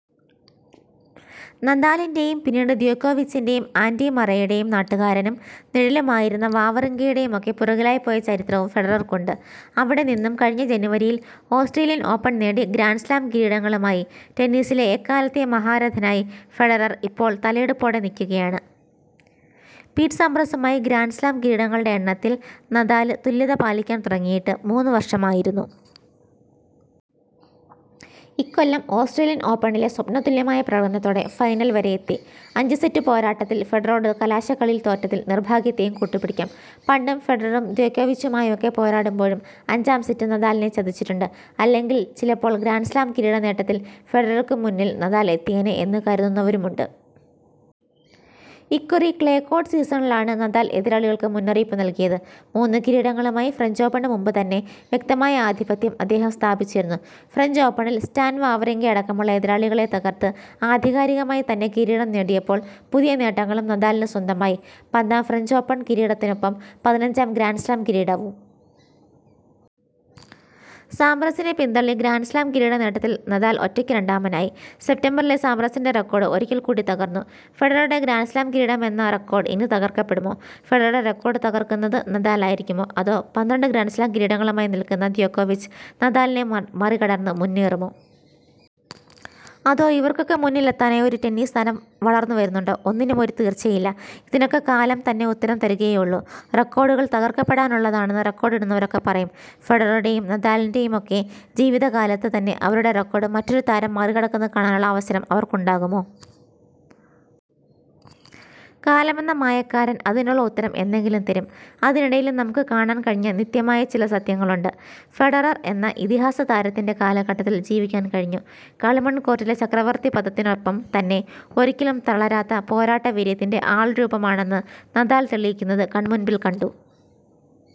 നഡാലിന്റെയും പിന്നീട് ദ്യോകോവിച്ചിന്റെയും ആന്ഡി മറേയുടെയും നാട്ടുകാരനും നിഴലുമായിരുന്ന വാവറിങ്കയുടെയുമൊക്കെ പുറകിലായിപ്പോയ ചരിത്രവും ഫെഡറര്ക്കുണ്ട്. അവിടെ നിന്നും കഴിഞ്ഞ ജനവരിയില് ഓസ്ട്രേലിയന് ഓപ്പണ് നേടി ഗ്രാന്ഡ് സ്ലാം കിരീടങ്ങളുമായി ടെന്നീസിലെ എക്കാലത്തെയും മഹാരഥനായി ഫെഡറര് ഇപ്പോള് തലയെടുപ്പോടെ നില്ക്കുകയാണ്. പീറ്റ് സാംപ്രസുമായി ഗ്രാന്ഡ് സ്ലാം കിരീടങ്ങളുടെ എണ്ണത്തില് നഡാല് തുല്യത പാലിക്കാന് തുടങ്ങിയിട്ട് മൂന്ന് വര്ഷമായിരുന്നു. ഇക്കൊല്ലം ഓസ്ട്രേലിയന് ഓപ്പണിലെ സ്വപ്നതുല്യമായ പ്രകടനത്തോടെ ഫൈനല് വരെയെത്തി. അഞ്ചു സെറ്റു പോരാട്ടത്തില് ഫെഡററോട് കലാശക്കളിയില് തോറ്റതില് നിര്ഭാഗ്യത്തെയും കൂട്ടു പിടിക്കാം. പണ്ടും ഫെഡററും ദ്യോകോവിച്ചുമായുമൊക്കെ പോരാടുമ്പോഴും അഞ്ചാം സെറ്റ് നഡാലിനെ ചതിച്ചിട്ടുണ്ട്. അല്ലെങ്കില് ചിലപ്പോള് ഗ്രാന്ഡ് സ്ലാം കിരീട നേട്ടത്തില് ഫെഡറര്ക്കും മുന്നില് നഡാല് എത്തിയേനേ എന്നു കരുതുന്നുവരുമുണ്ട്. ഇക്കുറി ക്ലേ കോര്ട്ട് സീസണിലാണ് നഡാല് എതിരാളികള്ക്ക് മുന്നറിയിപ്പു നല്കിയത്. മൂന്നു കിരീടങ്ങളുമായി ഫ്രഞ്ച് ഓപ്പണു മുമ്പു തന്നെ വ്യക്തമായ ആധിപത്യം അദ്ദേഹം സ്ഥാപിച്ചിരുന്നു. ഫ്രഞ്ച് ഓപ്പണില് സ്റ്റാന് വാവറിങ്കയടക്കമുളള എതിരാളികളെ തകര്ത്ത് ആധികാരികമായി തന്നെ കിരീടം നേടിയപ്പോള് പുതിയ നേട്ടങ്ങളും നഡാലിന് സ്വന്തമായി. പത്താം ഫ്രഞ്ച് ഓപ്പണ് കിരീടത്തിനൊപ്പം പതിനഞ്ചാം ഗ്രാന്ഡ് സ്ലാം കിരീടവും. സാംപ്രസിനെ പിന്തള്ളി ഗ്രാന്ഡ് സ്ലാം കിരീട നേട്ടത്തില് നഡാല് ഒറ്റയ്ക്ക് രണ്ടാമാനായി. സെപ്തംബറിലെ സാംപ്രസിന്റെ റെക്കോഡ് ഒരിക്കല്ക്കൂടി തകര്ന്നു. ഫെഡററുടെ ഗ്രാന്ഡ് സ്ലാം കിരീടമെന്ന റെക്കോഡ് ഇനി തകര്ക്കപ്പെടുമോ. ഫെഡററുടെ റെക്കോഡ് തകര്ക്കുന്നത് നഡാലായിരിക്കുമോ. അതോ പന്ത്രണ്ട് ഗ്രാന്ഡ് സ്ലാം കിരീടങ്ങളുമായി നില്ക്കുന്ന ദ്യോകോവിച്ച് നഡാലിനെ മറികടന്ന് മുന്നേറുമോ. അതോ ഇവര്ക്കൊക്കെ മുന്നിലെത്താനായി ഒരു ടെന്നീസ് താരം വളര്ന്നു വരുന്നുണ്ടോ. ഒന്നിനും ഒരു തീര്ച്ചയില്ല. ഇതിനൊക്കെ കാലം തന്നെ ഉത്തരം തരുകയേ ഉള്ളൂ. റെക്കോഡുകള് തകര്ക്കപ്പെടാനുള്ളതാണെന്ന് റെക്കോഡിടുന്നവരൊക്കെ പറയും. ഫെഡററുടെയും നഡാലിന്റെയുമൊക്കെ ജീവിത കാലത്ത് തന്നെ അവരുടെ റെക്കോഡ് മറ്റൊരു താരം മറികടക്കുന്നതു കാണാനുള്ള അവസരം അവര്ക്കുണ്ടാകുമോ. കാലമെന്ന മായക്കാരന് അതിനുള്ള ഉത്തരം എന്നെങ്കിലും തരും. അതിനിടയിലും നമുക്കു കാണാന് കഴിഞ്ഞ നിത്യമായ ചില സത്യങ്ങളുണ്ട്. ഫെഡററെന്ന ഇതിഹാസ താരത്തിന്റെ കാലഘട്ടത്തില് ജീവിക്കാന് കഴിഞ്ഞു. കളിമണ് കോര്ട്ടിലെ ചക്രവര്ത്തി പദത്തിനൊപ്പം തന്നെ ഒരിക്കലും തളരാത്ത പോരാട്ട വീര്യത്തിന്റെ ആള്രൂപമാണെന്ന് നഡാല് തെളിയിക്കുന്നത് കണ്മുമ്പില് കണ്ടു.